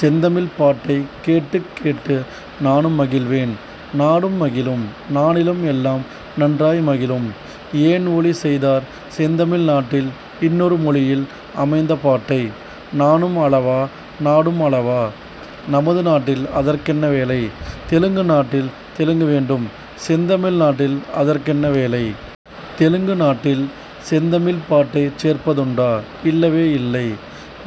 செந்தமிழ்ப் பாட்டைக் கேட்டுக் கேட்டு நானும் மகிழ்வேன் நாடும் மகிழும் நானிலம் எல்லாம் நன்றாய் மகிழும்! ஏன்ஒலி செய்தார் செந்தமிழ் நாட்டில் இன்னொரு மொழியில் அமைந்த பாட்டை? நானும் அழவா? நாடும் அழவா? நமது நாட்டில் அதற்கென்ன வேலை? தெலுங்கு நாட்டில் தெலுங்கு வேண்டும். செந்தமிழ் நாட்டில் அதற்கென்ன வேலை? தெலுங்கு நாட்டில் செந்தமிழ்ப் பாட்டைச் சேர்ப்பதுண்டா? இல்லவே இல்லை!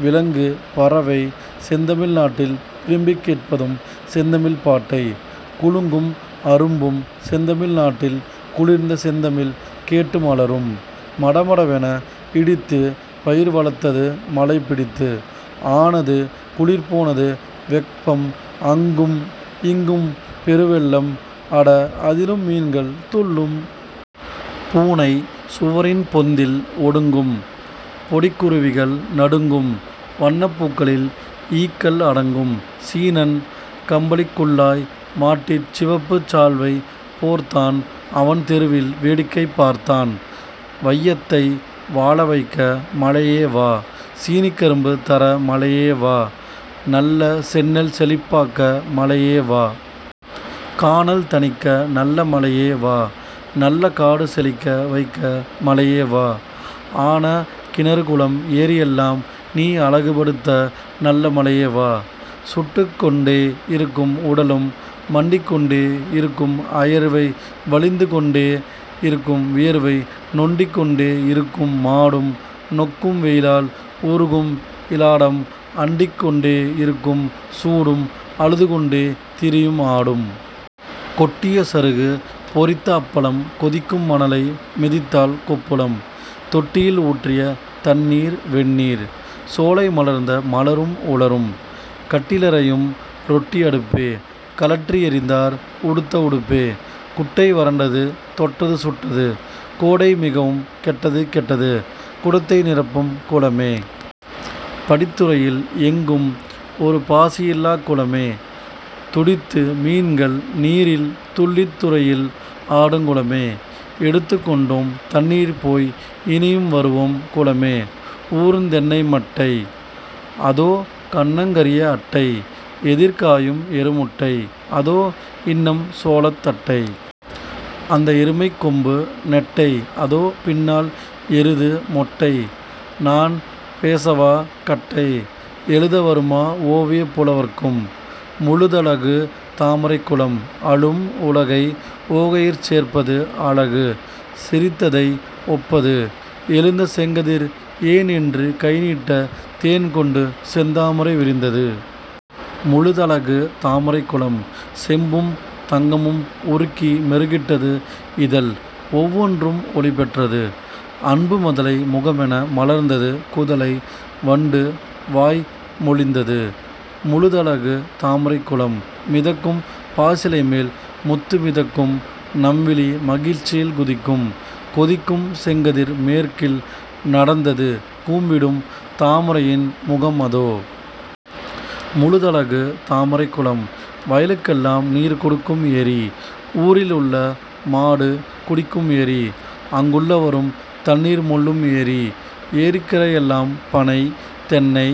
விலங்கு பறவை செந்தமிழ் நாட்டில் விரும்பிக் கேட்பதும் செந்தமிழ்ப் பாட்டை! குலுங்கும் அரும்பும் செந்தமிழ் நாட்டில் குளிர்ந்த செந்தமிழ் கேட்டு மலரும்! மடமடவென இடித்து பயிர் வளர்த்தது மழை பிடித்து. ஆனது குளிர் போனது வெப்பம் அங்கும்இங் கும்பெரு வெள்ளம் அட அதிலும் மீன்கள் துள்ளும். பூனை சுவரின் பொந்தில் ஒடுங்கும் பொடிக் குருவிகள் நடுங்கும்-வண்ணப் பூக்களில் ஈக்கள் அடங்கும். சீனன் கம்பளிக் குல்லாய் மாட்டிச் சிவப்பு சால்வை போர்த்தான் அவன் தெருவில் வேடிக்கை பார்த்தான்! வையத்தை வாழவைக்க மழையே வா! சீனிக்கரும்பு தர மழையே வா! நல்ல செந்நெல் செழிப்பாக்க மழையே வா! கானல் தணிக்க நல்ல மழையே வா! நல்ல காடு செழிக்க வைக்க மழையே வா! ஆன கிணறுகுளம் ஏரிஎல்லாம் நீ அழகுப டுத்தநல்ல மழையே வா! சுட்டுக் கொண்டே இருக்கும் உடலும் மண்டிக் கொண்டே இருக்கும் அயர்வே வழிந்து கொண்டே இருக்கும் வியர்வை நொண்டிக் கொண்டே இருக்கும் மாடும் நொக்கும் வெயிலால் உருகும்இ லாடம் அண்டிக் கொண்டே இருக்கும் சூடும் அழுது கொண்டே திரியும் ஆடும். கொட்டிய சருகு பொரித்த அப்பளம்! கொதிக்கும் மணலை மிதித்தால் கொப்புளம்! தொட்டியில் ஊற்றிய தண்ணீர் வெந்நீர்! சோலை மலர்ந்த மலரும் உலரும். கட்டி லறையும்உ ரொட்டி அடுப்பே! கழற்றி எறிந்தார் உடுத்த உடுப்பே! குட்டை வறண்டது தொட்டது சுட்டது; கோடை மிகவும் கெட்டது கெட்டது! குடத்தை நிரப்பும் குளமே! படித்துறையில் எங்கும் ஒரு பாசி யில்லாக் குளமே! துடித்து மீன்கள் நீீரில் துள்ளித் துறையில் ஆடுங் குளமே! எடுத்துக் கொண்டோம் தண்ணீர் போய் இனியும் வருவோம் குளமே! ஊறுந் தென்னை மட்டை! அதோ கன்னங் கரிய அட்டை! எதிர் காயும் எரு முட்டை! அதோ இன்னம் சோளத் தட்டை! அந்த எருமைக் கொம்பு நெட்டை அதோ பின்னால் எருது மொட்டை நான் பேசவாப கட்டை? எழுத வருமா ஓவியப் புலவர்க்கும்? முழுதழகு தாமரைக் குளம்! அழும் உலகை உவகையிற் சேர்ப்பது அழகு சிரித் ததை ஒப்பது! எழுந்த செங்கதிர் 'ஏன்'என்று கைநீட்ட தேன்கொண்டு செந்தாமரை விரிந்தது. முழுதழகு தாமரைக் குளம்! செம்பும் தங்கமும் உருக்கி மெருகிட்டது இதழ் ஒவ்வொன்றும் ஒளிபெற்றது. அன்பு மதலை முகமென மலர்ந்தது குதலை வண்டு வாய் மொழிந்தது. முழுதழகு தாமரைக் குளம்! மிதக்கும் பாசிலைமேல் முத்து மிதக்கும் நம்விழி மகிழ்ச்சியில் குதிக்கும் கொதிக்கும் செங்கதிர் மேற்கில் நடந்தது கூம்பிடும் தாமைரையின் முகம் அதோ. முழுதழகு தாமரைக் குளம்! வயலுக் கெல்லாம் நீர் கொடுக்கும் ஏரி. ஊரில் உள்ள மாடு குடிக்கும் ஏரி அங் குள்ளவரும் தண்ணீர் மொள்ளும் ஏரி. ஏரிக்கரை எல்லாம் பனை, தென்னை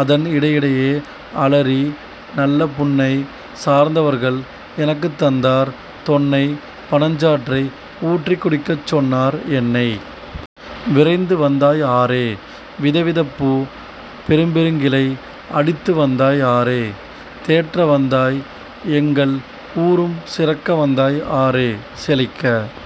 அதன் இடையிடையே அலரி நல்ல புன்னை. சார்ந்தவர்கள் எனக்குத் தந்தார் தொன்னை பனஞ் சாற்றை ஊற்றிக் குடிக்கச் சொன்னார் என்னை. விரைந்து வந்தாய் ஆறே! விதவிதப்பூ, பெரும்பெ ருங்கிளை அடித்து வந்தாய் ஆறே! தேற்ற வந்தாய் எங்கள் ஊரும் சிறக்க வந்தாய் ஆறே! செழிக்க